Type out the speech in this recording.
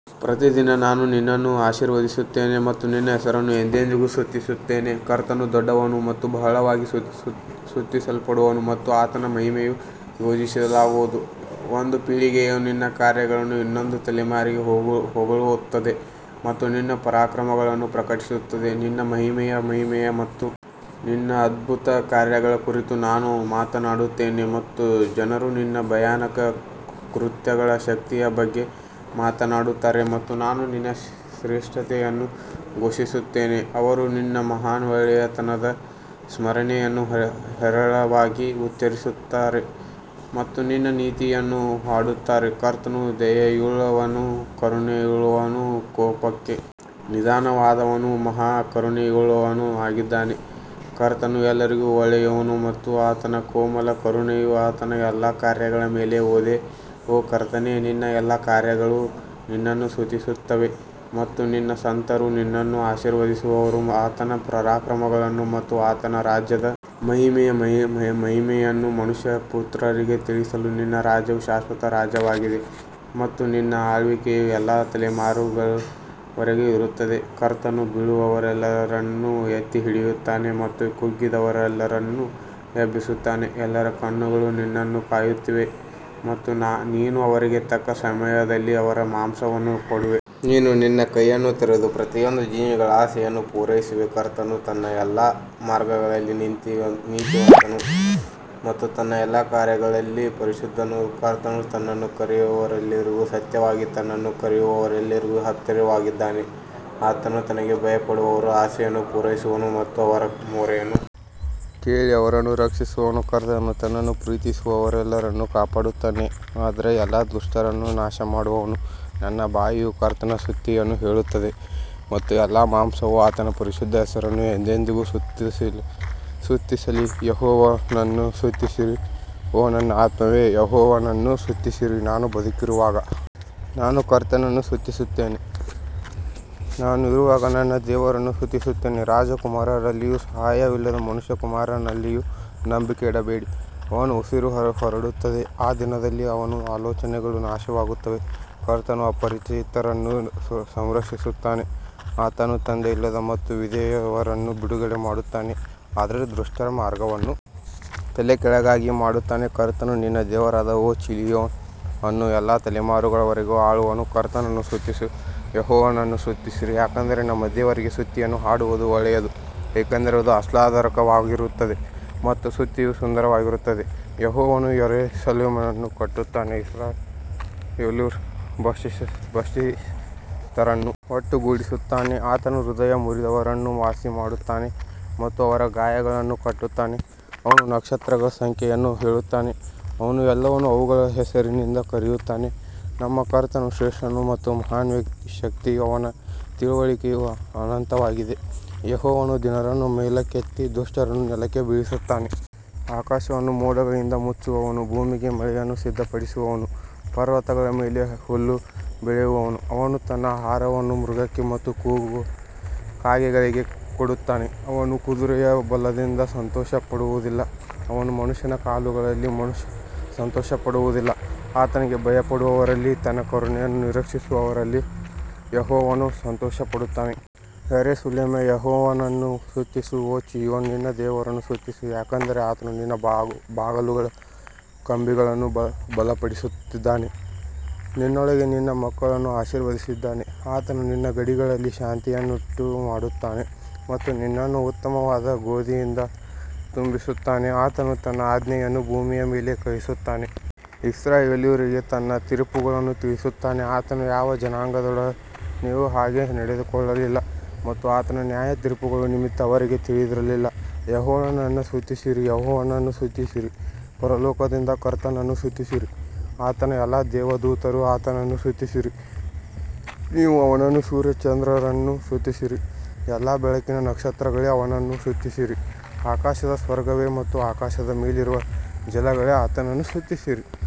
ಪ್ರತಿದಿನ ನಾನು ನಿನ್ನನ್ನು ಆಶೀರ್ವದಿಸುತ್ತೇನೆ ಮತ್ತು ನಿನ್ನ ಹೆಸರನ್ನು ಎಂದೆಂದಿಗೂ ಸ್ತುತಿಸುತ್ತೇನೆ ಕರ್ತನು ದೊಡ್ಡವನು ಮತ್ತು ಬಹಳವಾಗಿ ಸ್ತುತಿಸಲ್ಪಡುವನು ಮತ್ತು ಆತನ ಮಹಿಮೆಯು ಶೋಧಿಸಲಾಗದು ಒಂದು ಪೀಳಿಗೆಯು ನಿನ್ನ ಕಾರ್ಯಗಳನ್ನು ಇನ್ನೊಂದು ತಲೆಮಾರಿಗೆ ಹೊಗಳುತ್ತದೆ ಮತ್ತು ನಿನ್ನ ಪರಾಕ್ರಮಗಳನ್ನು ಪ್ರಕಟಿಸುತ್ತದೆ ನಿನ್ನ ಮಹಿಮೆಯ ಮಹಿಮೆಯ ಮತ್ತು ನಿನ್ನ ಅದ್ಭುತಕಾರ್ಯಗಳ ಕುರಿತು ನಾನು ಮಾತನಾಡುತ್ತೇನೆ ಮತ್ತು ಜನರು ನಿನ್ನ ಭಯಾನಕ ಕೃತ್ಯಗಳ ಶಕ್ತಿಯ ಬಗ್ಗೆ ಮಾತನಾಡುತ್ತಾರೆ ಮತ್ತು ನಾನು ನಿನ್ನ ಶ್ರೇಷ್ಠತೆಯನ್ನು ಘೋಷಿಸುತ್ತೇನೆ ಅವರು ನಿನ್ನ ಮಹಾನ್ ಒಳ್ಳೆಯತನದ ಸ್ಮರಣೆಯನ್ನು ಹೇರಳವಾಗಿ ಉಚ್ಚರಿಸುತ್ತಾರೆ ಮತ್ತು ನಿನ್ನ ನೀತಿಯನ್ನು ಹಾಡುತ್ತಾರೆ ಕರ್ತನು ದಯೆಯುಳ್ಳವನೂ ಕರುಣೆಯುಳ್ಳವನೂ ಕೋಪಕ್ಕೆ ನಿಧಾನವಾದವನೂ ಮಹಾ ಕರುಣೆಯುಳ್ಳವನೂ ಆಗಿದ್ದಾನೆ ಕರ್ತನು ಎಲ್ಲರಿಗೂ ಒಳ್ಳೆಯವನು ಮತ್ತು ಆತನ ಕೋಮಲ ಕರುಣೆಯು ಆತನ ಎಲ್ಲಾ ಕಾರ್ಯಗಳ ಮೇಲೆ ಇದೆ ಓ ಕರ್ತನೇ ನಿನ್ನ ಎಲ್ಲಾ ಕಾರ್ಯಗಳು ನಿನ್ನನ್ನು ಸ್ತುತಿಸುತ್ತವೆ ಮತ್ತು ನಿನ್ನ ಸಂತರು ನಿನ್ನನ್ನು ಆಶೀರ್ವದಿಸುವರು ಆತನ ಪರಾಕ್ರಮಗಳನ್ನು ಮತ್ತು ಆತನ ರಾಜ್ಯದ ಮಹಿಮೆಯ ಮಹಿಮೆಯನ್ನು ಮನುಷ್ಯಪುತ್ರರಿಗೆ ತಿಳಿಸಲು ನಿನ್ನ ರಾಜ್ಯವು ಶಾಶ್ವತ ರಾಜ್ಯವಾಗಿದೆ ಮತ್ತು ನಿನ್ನ ಆಳ್ವಿಕೆಯು ಎಲ್ಲಾ ತಲೆಮಾರುಗಳವರೆಗೆ ಇರುತ್ತದೆ ಕರ್ತನು ಬೀಳುವವರೆಲ್ಲರನ್ನು ಎತ್ತಿ ಹಿಡಿಯುತ್ತಾನೆ ಮತ್ತು ಕುಗ್ಗಿದವರೆಲ್ಲರನ್ನು ಎಬ್ಬಿಸುತ್ತಾನೆ ಎಲ್ಲರ ಕಣ್ಣುಗಳು ನಿನ್ನನ್ನು ಕಾಯುತ್ತಿವೆ ಮತ್ತು ನೀನು ಅವರಿಗೆ ತಕ್ಕ ಸಮಯದಲ್ಲಿ ಅವರ ಮಾಂಸವನ್ನು ಕೊಡುವೆ ನೀನು ನಿನ್ನ ಕೈಯನ್ನು ತೆರೆದು ಪ್ರತಿಯೊಂದು ಜೀವಿಗಳ ಆಸೆಯನ್ನು ಪೂರೈಸುವೆ ಕರ್ತನು ತನ್ನ ಎಲ್ಲಾ ಮಾರ್ಗಗಳಲ್ಲಿ ನೀತಿವಂತನು ಮತ್ತು ತನ್ನ ಎಲ್ಲಾ ಕಾರ್ಯಗಳಲ್ಲಿ ಪರಿಶುದ್ಧನು ಕರ್ತನು ತನ್ನನ್ನು ಕರೆಯುವವರೆಲ್ಲರಿಗೂ ಸತ್ಯವಾಗಿ ತನ್ನನ್ನು ಕರೆಯುವವರೆಲ್ಲರಿಗೂ ಹತ್ತಿರವಾಗಿದ್ದಾನೆ ಆತನು ತನಗೆ ಭಯಪಡುವವರ ಆಸೆಯನ್ನು ಪೂರೈಸುವನು ಮತ್ತು ಅವರ ಮೊರೆಯನ್ನು ಕೇಳಿ ಅವರನ್ನು ರಕ್ಷಿಸುವನು ಕರ್ತನು ತನ್ನನ್ನು ಪ್ರೀತಿಸುವವರೆಲ್ಲರನ್ನು ಕಾಪಾಡುತ್ತಾನೆ ಆದರೆ ಎಲ್ಲಾ ದುಷ್ಟರನ್ನು ನಾಶಮಾಡುವನು ನನ್ನ ಬಾಯಿಯು ಕರ್ತನ ಸ್ತುತಿಯನ್ನು ಹೇಳುತ್ತದೆ ಮತ್ತು ಎಲ್ಲಾ ಮಾಂಸವು ಆತನ ಪರಿಶುದ್ಧ ಹೆಸರನ್ನು ಎಂದೆಂದಿಗೂ ಸ್ತುತಿಸಲಿ ಯೆಹೋವನನ್ನು ಸ್ತುತಿಸಿರಿ ಓ ನನ್ನ ಆತ್ಮವೇ ಯೆಹೋವನನ್ನು ಸ್ತುತಿಸಿರಿ ನಾನು ಬದುಕಿರುವಾಗ ನಾನು ಕರ್ತನನ್ನು ಸ್ತುತಿಸುತ್ತೇನೆ, ನಾನು ಇರುವಾಗ ನನ್ನ ದೇವರನ್ನು ಸ್ತುತಿಸುತ್ತೇನೆ ರಾಜಕುಮಾರರಲ್ಲಿಯೂ ಸಹಾಯವಿಲ್ಲದ ಮನುಷ್ಯಕುಮಾರನಲ್ಲಿಯೂ ನಂಬಿಕೆ ಇಡಬೇಡಿ ಅವನ ಉಸಿರು ಹೊರಡುತ್ತದೆ ಆ ದಿನದಲ್ಲಿ ಅವನ ಆಲೋಚನೆಗಳು ನಾಶವಾಗುತ್ತವೆ ಕರ್ತನು ಅಪರಿಚಿತರನ್ನು ಸಂರಕ್ಷಿಸುತ್ತಾನೆ, ಆತನು ತಂದೆಯಿಲ್ಲದ ಮತ್ತು ವಿಧವೆಯರನ್ನು ಬಿಡುಗಡೆ ಮಾಡುತ್ತಾನೆ ಆದರೆ ದುಷ್ಟರ ಮಾರ್ಗವನ್ನು ತಲೆಕೆಳಗಾಗಿ ಮಾಡುತ್ತಾನೆ ಕರ್ತನು ನಿನ್ನ ದೇವರಾದ ಓ ಚೀಯೋನ್ ಅನ್ನು ಎಲ್ಲಾ ತಲೆಮಾರುಗಳ ವರೆಗೆ ಆಳುವನು ಕರ್ತನನ್ನು ಸ್ತುತಿಸು ಯೆಹೋವನನ್ನು ಸ್ತುತಿಸಿರಿ ಯಾಕಂದರೆ ನಮ್ಮ ದೇವರಿಗೆ ಸ್ತುತಿಯನ್ನು ಹಾಡುವುದು ಒಳ್ಳೆಯದು ಏಕೆಂದರೆ ಅದು ಆಹ್ಲಾದಕರವಾಗಿರುತ್ತದೆ ಮತ್ತು ಸ್ತುತಿಯು ಸುಂದರವಾಗಿರುತ್ತದೆ ಯೆಹೋವನು ಯೆರೂಸಲೇಮನ್ನು ಕಟ್ಟುತ್ತಾನೆ, ಇಸ್ರಾಯೇಲ್ಯರ ಬಹಿಷ್ಕೃತರನ್ನು ಒಟ್ಟುಗೂಡಿಸುತ್ತಾನೆ ಆತನು ಹೃದಯ ಮುರಿದವರನ್ನು ವಾಸಿಮಾಡುತ್ತಾನೆ ಮತ್ತು ಅವರ ಗಾಯಗಳನ್ನು ಕಟ್ಟುತ್ತಾನೆ ಅವನು ನಕ್ಷತ್ರಗಳ ಸಂಖ್ಯೆಯನ್ನು ಹೇಳುತ್ತಾನೆ, ಅವನು ಎಲ್ಲವನ್ನೂ ಅವುಗಳ ಹೆಸರಿನಿಂದ ಕರೆಯುತ್ತಾನೆ ನಮ್ಮ ಕರ್ತನು ಶ್ರೇಷ್ಠನು ಮತ್ತು ಮಹಾನ್ ಶಕ್ತಿಯು ಅವನ ತಿಳುವಳಿಕೆಯು ಅನಂತವಾಗಿದೆ ಯೆಹೋವನು ದೀನರನ್ನು ಮೇಲಕ್ಕೆತ್ತಿ ದುಷ್ಟರನ್ನು ನೆಲಕ್ಕೆ ಬೀಳಿಸುತ್ತಾನೆ ಆಕಾಶವನ್ನು ಮೋಡಗಳಿಂದ ಮುಚ್ಚುವವನು ಭೂಮಿಗೆ ಮಳೆಯನ್ನು ಸಿದ್ಧಪಡಿಸುವವನು ಪರ್ವತಗಳ ಮೇಲೆ ಹುಲ್ಲು ಬೆಳೆಯುವವನು ಅವನು ತನ್ನ ಆಹಾರವನ್ನು ಮೃಗಕ್ಕೆ ಮತ್ತು ಕೂಗುವ ಕಾಗೆಗಳಿಗೆ ಕೊಡುತ್ತಾನೆ ಅವನು ಕುದುರೆಯ ಬಲದಿಂದ ಸಂತೋಷಪಡುವುದಿಲ್ಲ, ಅವನು ಮನುಷ್ಯನ ಕಾಲುಗಳಲ್ಲಿ ಸಂತೋಷಪಡುವುದಿಲ್ಲ ಆತನಿಗೆ ಭಯಪಡುವವರಲ್ಲಿ ತನ್ನ ಕರುಣೆಯನ್ನು ನಿರೀಕ್ಷಿಸುವವರಲ್ಲಿ ಯೆಹೋವನು ಸಂತೋಷಪಡುತ್ತಾನೆ ಯೆರೂಸಲೇಮೇ ಯೆಹೋವನನ್ನು ಸ್ತುತಿಸು ಓ ಚೀಯೋನ್ ನಿನ್ನ ದೇವರನ್ನು ಸ್ತುತಿಸು ಯಾಕಂದರೆ ಆತನು ನಿನ್ನ ಬಾಗಲುಗಳ ಕಂಬಿಗಳನ್ನು ಬಲಪಡಿಸಿದ್ದಾನೆ ನಿನ್ನೊಳಗೆ ನಿನ್ನ ಮಕ್ಕಳನ್ನು ಆಶೀರ್ವದಿಸಿದ್ದಾನೆ ಆತನು ನಿನ್ನ ಗಡಿಗಳಲ್ಲಿ ಶಾಂತಿಯನ್ನುಂಟುಮಾಡುತ್ತಾನೆ ಮತ್ತು ನಿನ್ನನ್ನು ಉತ್ತಮವಾದ ಗೋಧಿಯಿಂದ ತುಂಬಿಸುತ್ತಾನೆ ಆತನು ತನ್ನ ಆಜ್ಞೆಯನ್ನು ಭೂಮಿಯ ಮೇಲೆ ಕಳುಹಿಸುತ್ತಾನೆ ಇಸ್ರಾಯೇಲ್ಯರಿಗೆ ತನ್ನ ತೀರ್ಪುಗಳನ್ನೂ ತಿಳಿಸುತ್ತಾನೆ ಆತನು ಯಾವ ಜನಾಂಗದೊಡನೆಯೂ ಹಾಗೆ ನಡೆದುಕೊಳ್ಳಲಿಲ್ಲ ಮತ್ತು ಆತನ ನ್ಯಾಯತೀರ್ಪುಗಳ ನಿಮಿತ್ತ ಅವರಿಗೆ ತಿಳಿದಿರಲಿಲ್ಲ, ಯೆಹೋವನನ್ನು ಸ್ತುತಿಸಿರಿ ಯೆಹೋವನನ್ನು ಸ್ತುತಿಸಿರಿ ಪರಲೋಕದಿಂದ ಕರ್ತನನ್ನು ಸ್ತುತಿಸಿರಿ ಆತನ ಎಲ್ಲಾ ದೇವದೂತರು ಆತನನ್ನು ಸ್ತುತಿಸಿರಿ ನೀವು ಅವನನ್ನು ಸೂರ್ಯ ಚಂದ್ರರನ್ನು ಸ್ತುತಿಸಿರಿ, ಎಲ್ಲಾ ಬೆಳಕಿನ ನಕ್ಷತ್ರಗಳೇ ಅವನನ್ನು ಸ್ತುತಿಸಿರಿ ಆಕಾಶದ ಸ್ವರ್ಗವೇ ಮತ್ತು ಆಕಾಶದ ಮೇಲಿರುವ ಜಲಗಳೇ ಆತನನ್ನು ಸ್ತುತಿಸಿರಿ.